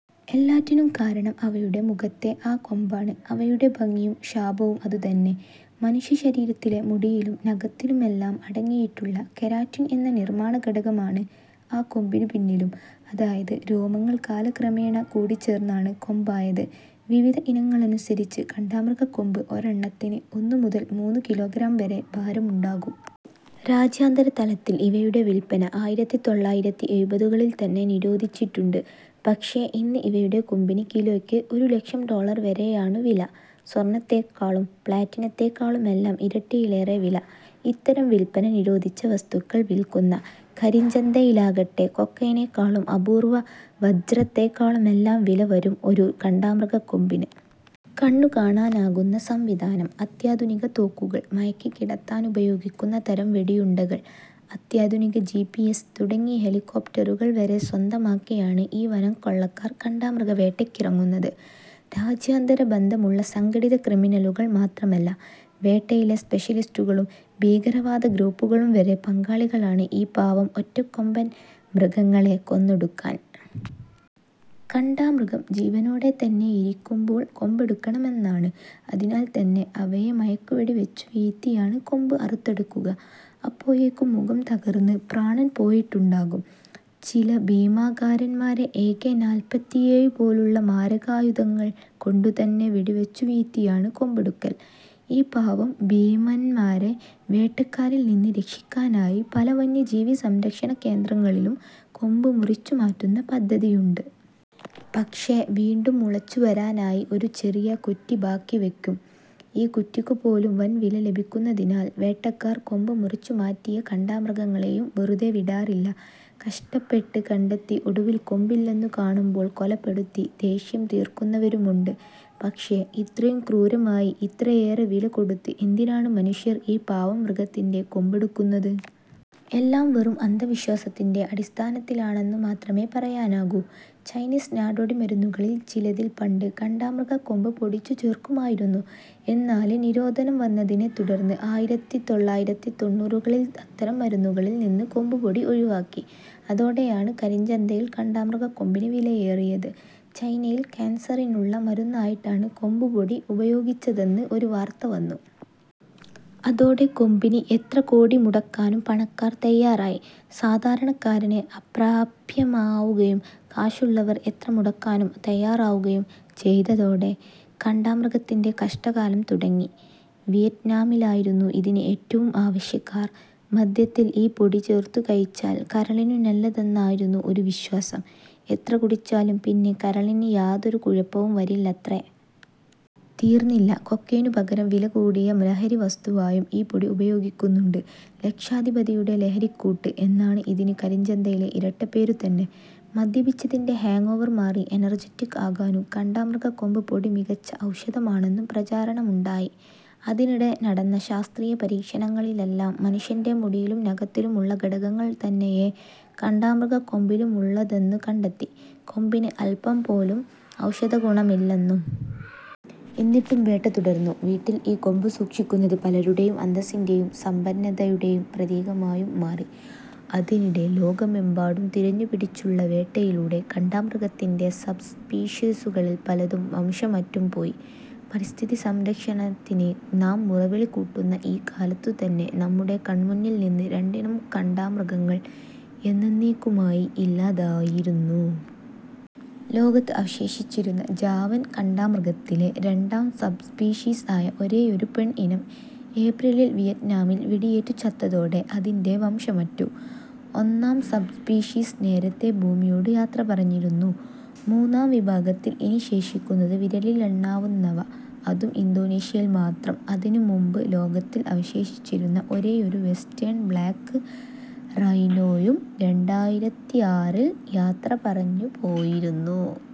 എല്ലാറ്റിനും കാരണം അവയുടെ മുഖത്തെ ആ ' കൊമ്പാണ് '; അവയുടെ ഭംഗിയും ശാപവും അതു തന്നെ. മനുഷ്യ ശരീരത്തിലെ മുടിയിലും നഖത്തിലുമെല്ലാം അടങ്ങിയിട്ടുള്ള കെരാറ്റിൻ എന്ന നിർമാണഘടകമാണ് ആ കൊമ്പിനു പിന്നിലും. അതായത് രോമങ്ങൾ കാലക്രമേണ കൂടിച്ചേർന്നാണ് കൊമ്പായത്. വിവിധ ഇനങ്ങളനുസരിച്ച് കാണ്ടാമൃഗക്കൊമ്പ് ഒരെണ്ണത്തിന് ഒന്നു മുതൽ മൂന്നു കിലോഗ്രാം വരെ ഭാരമുണ്ടാകും. രാജ്യാന്തരതലത്തിൽ ഇവയുടെ വിൽപന ആയിരത്തിതൊള്ളായിരത്തിഎഴുപതുകളിൽത്തന്നെ നിരോധിച്ചിട്ടുണ്ട്. പക്ഷേ ഇന്ന് ഇവയുടെ കൊമ്പിന് കിലോയ്ക്ക് ഒരു ലക്ഷം ഡോളർ വരെയാണു വില. സ്വർണത്തേക്കാളും പ്ലാറ്റിനത്തെക്കാളുമെല്ലാം ഇരട്ടിയിലേറെ വില. ഇത്തരം വിൽപന നിരോധിച്ച വസ്തുക്കൾ വിൽക്കുന്ന ' കരിഞ്ചന്ത'യിലാകട്ടെ കൊക്കെയ്നെക്കാളും അപൂർവ വജ്രത്തെക്കാളുമെല്ലാം വില വരും ഒരു കാണ്ടാമൃഗക്കൊമ്പിന്. കണ്ണുകാണാനാകുന്ന സംവിധാനം, അത്യാധുനിക തോക്കുകൾ, മയക്കിക്കിടത്താനുപയോഗിക്കുന്ന തരം വെടിയുണ്ടകൾ, അത്യാധുനിക ജിപിഎസ് തുടങ്ങി ഹെലികോപ്റ്ററുകൾ വരെ സ്വന്തമാക്കിയാണ് ഈ വനംകൊള്ളക്കാർ കാണ്ടാമൃഗവേട്ടയ്ക്കിറങ്ങുന്നത്. രാജ്യാന്തര ബന്ധമുള്ള സംഘടിത ക്രിമിനലുകൾ മാത്രമല്ല, വേട്ടയിലെ സ്പെഷലിസ്റ്റുകളും ഭീകരവാദ ഗ്രൂപ്പുകളും വരെ പങ്കാളികളാണ് ഈ പാവം ' ഒറ്റക്കൊമ്പൻ ' മൃഗങ്ങളെ കൊന്നൊടുക്കാൻ. കാണ്ടാമൃഗം ജീവനോടെ തന്നെയിരിക്കുമ്പോൾ കൊമ്പെടുക്കണമെന്നാണ്. അതിനാൽത്തന്നെ അവയെ മയക്കുവെടി വച്ചു വീഴ്ത്തിയാണ് കൊമ്പ് അറുത്തെടുക്കുക. അപ്പോഴേക്കും മുഖം തകർന്ന് പ്രാണൻ പോയിട്ടുണ്ടാകും. ചില ഭീമാകാരന്മാരെ എകെ നാല്പത്തിയേഴു പോലുള്ള മാരകായുധങ്ങൾ കൊണ്ടു തന്നെ വെടിവച്ചു വീഴ്ത്തിയാണ് കൊമ്പെടുക്കൽ. ഈ പാവം ' ഭീമന്മാരെ ' വേട്ടക്കാരിൽ നിന്ന് രക്ഷിക്കാനായി പല വന്യജീവി സംരക്ഷണ കേന്ദ്രങ്ങളിലും കൊമ്പ് മുറിച്ചുമാറ്റുന്ന പദ്ധതിയുണ്ട്. പക്ഷേ വീണ്ടും മുളച്ചു വരാനായി ഒരു ചെറിയ ' കുറ്റി ' ബാക്കി വയ്ക്കും. ഈ കുറ്റിക്കു പോലും വൻവില ലഭിക്കുന്നതിനാൽ വേട്ടക്കാർ കൊമ്പ് മുറിച്ചുമാറ്റിയ കാണ്ടാമൃഗങ്ങളെയും വെറുതെവിടാറില്ല. കഷ്ടപ്പെട്ട് കണ്ടെത്തി ഒടുവിൽ കൊമ്പില്ലെന്നു കാണുമ്പോൾ കൊലപ്പെടുത്തി ദേഷ്യം തീർക്കുന്നവരുമുണ്ട്. പക്ഷേ ഇത്രയും ക്രൂരമായി, ഇത്രയേറെ വില കൊടുത്ത് എന്തിനാണ് മനുഷ്യർ ഈ പാവം മൃഗത്തിന്റെ കൊമ്പെടുക്കുന്നത്? എല്ലാം വെറും അന്ധവിശ്വാസത്തിന്റെ അടിസ്ഥാനത്തിലാണെന്നു മാത്രമേ പറയാനാകൂ. ചൈനീസ് നാടോടിമരുന്നുകളിൽ ചിലതിൽ പണ്ട് കാണ്ടാമൃഗക്കൊമ്പ് പൊടിച്ചു ചേർക്കുമായിരുന്നു. എന്നാല് നിരോധനം വന്നതിനെത്തുടർന്ന്ആയിരത്തിതൊള്ളായിരത്തിത്തൊണ്ണൂറുകളിൽ അത്തരം മരുന്നുകളിൽ നിന്ന് ' കൊമ്പുപൊടി ' ഒഴിവാക്കി. അതോടെയാണ് കരിഞ്ചന്തയിൽ കാണ്ടാമൃഗക്കൊമ്പിന് വിലയേറിയത്. ചൈനയിൽ കാൻസറിനുള്ള മരുന്നായിട്ടാണ് കൊമ്പുപൊടി ഉപയോഗിച്ചതെന്ന് ഒരു വാർത്ത വന്നു. അതോടെ കൊമ്പിന് എത്ര കോടി മുടക്കാനും പണക്കാർ തയാറായി. സാധാരണക്കാരന് അപ്രാപ്യമാവുകയും കാശുള്ളവർ എത്ര മുടക്കാനും തയാറാവുകയും ചെയ്തതോടെ കാണ്ടാമൃഗത്തിന്റെ കഷ്ടകാലം തുടങ്ങി. വിയറ്റ്നാമിലായിരുന്നു ഇതിന് ഏറ്റവും ആവശ്യക്കാർ. മദ്യത്തിൽ ഈ പൊടി ചേർത്തു കഴിച്ചാൽ കരളിനു നല്ലതെന്നായിരുന്നു ഒരു വിശ്വാസം. എത്ര കുടിച്ചാലും പിന്നെ കരളിന് യാതൊരു കുഴപ്പവും വരില്ലത്രേ! തീർന്നില്ല, കൊക്കെയ്നു പകരം വില കൂടിയ ലഹരി വസ്തുവായും ഈ പൊടി ഉപയോഗിക്കുന്നുണ്ട്. ' ലക്ഷാധിപതിയുടെ ലഹരിക്കൂട്ട് ' എന്നാണ് ഇതിന് കരിഞ്ചന്തയിലെ ഇരട്ടപ്പേരു തന്നെ. മദ്യപിച്ചതിന്റെ ഹാങ് ഓവർ മാറി ' എനർജറ്റിക് ' ആകാനും കാണ്ടാമൃഗക്കൊമ്പ് പൊടി മികച്ച ഔഷധമാണെന്നും പ്രചാരണമുണ്ടായി. അതിനിടെ നടന്ന ശാസ്ത്രീയ പരീക്ഷണങ്ങളിലെല്ലാം മനുഷ്യന്റെ മുടിയിലും നഖത്തിലുമുള്ള ഘടകങ്ങൾ തന്നെയേ കാണ്ടാമൃഗക്കൊമ്പിലുമുള്ളതെന്നു കണ്ടെത്തി, കൊമ്പിന് അൽപം പോലും ഔഷധഗുണമില്ലെന്നും. എന്നിട്ടും വേട്ട തുടർന്നു. വീട്ടിൽ ഈ കൊമ്പ് സൂക്ഷിക്കുന്നത് പലരുടെയും അന്തസ്സിന്റെയും സമ്പന്നതയുടെയും പ്രതീകമായും മാറി. അതിനിടെ ലോകമെമ്പാടും തിരഞ്ഞുപിടിച്ചുള്ള വേട്ടയിലൂടെ കാണ്ടാമൃഗത്തിന്റെ സബ്സ്പീഷീസുകളിൽ പലതും വംശമറ്റും പോയി. പരിസ്ഥിതി സംരക്ഷണത്തിന് നാം മുറവിളി കൂട്ടുന്ന ഈ കാലത്തു തന്നെ നമ്മുടെ കണ്മുന്നിൽ നിന്ന് രണ്ടിനം കാണ്ടാമൃഗങ്ങൾ എന്നന്നേക്കുമായി ഇല്ലാതായിരുന്നു. ലോകത്ത് അവശേഷിച്ചിരുന്ന'ജാവൻ കാണ്ടാമൃഗ'ത്തിലെ രണ്ടാം സബ് സ്പീഷീസ് ആയ ഒരേയൊരു പെൺ ഇനം ഏപ്രിലിൽ വിയ്റ്റ്നാമിൽ വെടിയേറ്റു ചത്തതോടെ അതിന്റെ വംശമറ്റു. ഒന്നാം സബ്സ്പീഷീസ് നേരത്തേ ഭൂമിയോടു യാത്ര പറഞ്ഞിരുന്നു. മൂന്നാം വിഭാഗത്തിൽ ഇനി ശേഷിക്കുന്നത് വിരലിലെണ്ണാവുന്നവ, അതും ഇന്തൊനീഷ്യയിൽ മാത്രം. അതിനു മുൻപ് ലോകത്തിൽ അവശേഷിച്ചിരുന്ന ഒരേയൊരു ' വെസ്റ്റേൺ ബ്ലാക് റൈനോ'യും രണ്ടായിരത്തിആറിൽ യാത്ര പറഞ്ഞു പോയിരുന്നു.